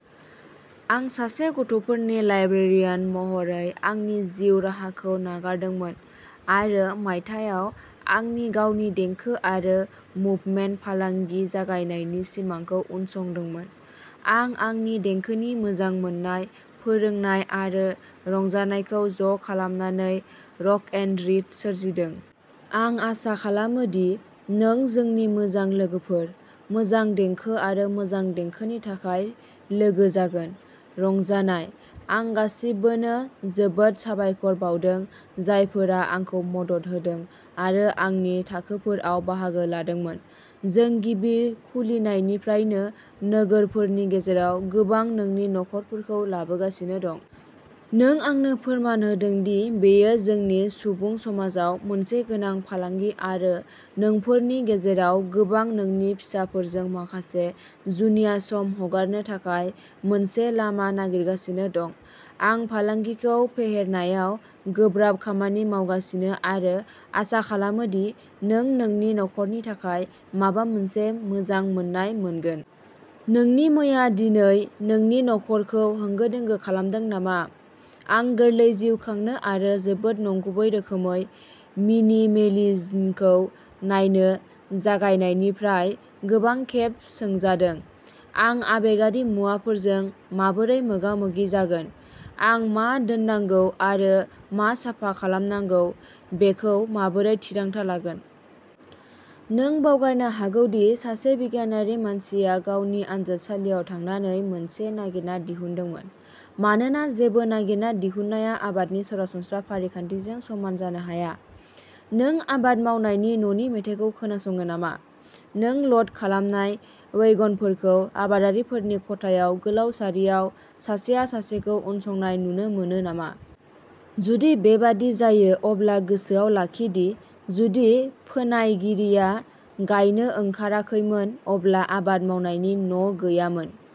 आं सासे गथ'फोरनि लाइब्रेरियान महरै आंनि जिउ राहाखौ नागारदोंमोन आरो मायथाइयाव आंनि गावनि देंखो आरो मुभमेन्ट फालांगि जागायनायनि सिमांखौ उनसंदोंमोन। आं आंनि देंखोनि मोजां मोननाय, फोरोंनाय आरो रंजानायखौ ज'खालामनानै रक एन रीड सोरजिदों। आं आसा खालामो दि नों जोंनि मोजां लोगोफोर, मोजां देंखो आरो मोजां देंखोनि थाखाय लोगो जागोन। रंजानाय! आं गासिबोनो जोबोद साबायखर बाउदों, जायफोरा आंखौ मदद होदों आरो आंनि थाखोफोराव बाहागो लादोंमोन। जों गिबि खुलिनायनिफ्रायनो नोंफोरनि गेजेराव गोबांआ नोंनि नखरफोरखौ लाबोगासिनो दं। नों आंनो फोरमान होदों दि बेयो जोंनि सुबुं समाजाव मोनसे गोनां फालांगि आरो नोंफोरनि गेजेराव गोबांआ नोंनि फिसाफोरजों माखासे जुनिया सम हगारनो थाखाय मोनसे लामा नागिरगासिनो दं। आं फालांगिखौ फेहेरनायाव गोब्राब खामानि मावगासिनो आरो आसा खालामो दि नों नोंनि नखरनि थाखाय माबा मोनसे मोजां मोन्नाय मोनगोन। नोंनि मैया दिनै नोंनि न'खरखौ होंगो-दोंगो खालामदों नामा? आं गोरलै जिउ खांनो आरो जोबोद नंगुबै रोखोमै मिनिमेलिज्मखौ नायनो जागायनायनिफ्राय गोबां खेब सोंजादों। आं आबेगारि मुवाफोरजों माबोरै मोगा-मोगि जागोन? आं मा दोननांगौ आरो मा साफा खालामनांगौ बेखौ माबोरै थिरांथा लागोन? नों बावगारनो हागौ दि सासे बिगियानारि मानसिया गावनि आनजादसालियाव थांनानै मोनसे नागिरना दिहुनदोंमोन, मानोना जेबो नागिरना दिहुननाया आबादनि सरासनस्रा फारिखान्थिजों समान जानो हाया। नों आबाद मावनायनि न'नि मेथाइखौ खोनासङो नामा? नों ल'ड खालामनाय वैगनफोरखौ आबादारिफोरनि खथायाव गोलाव सारियाव सासेया सासेखौ उनसंनाय नुनो मोनो नामा? जुदि बेबादि जायो, अब्ला गोसोआव लाखि दि जुदि फोनायगिरिया गायनो ओंखाराखैमोन अब्ला आबाद मावनायनि न'गैयामोन!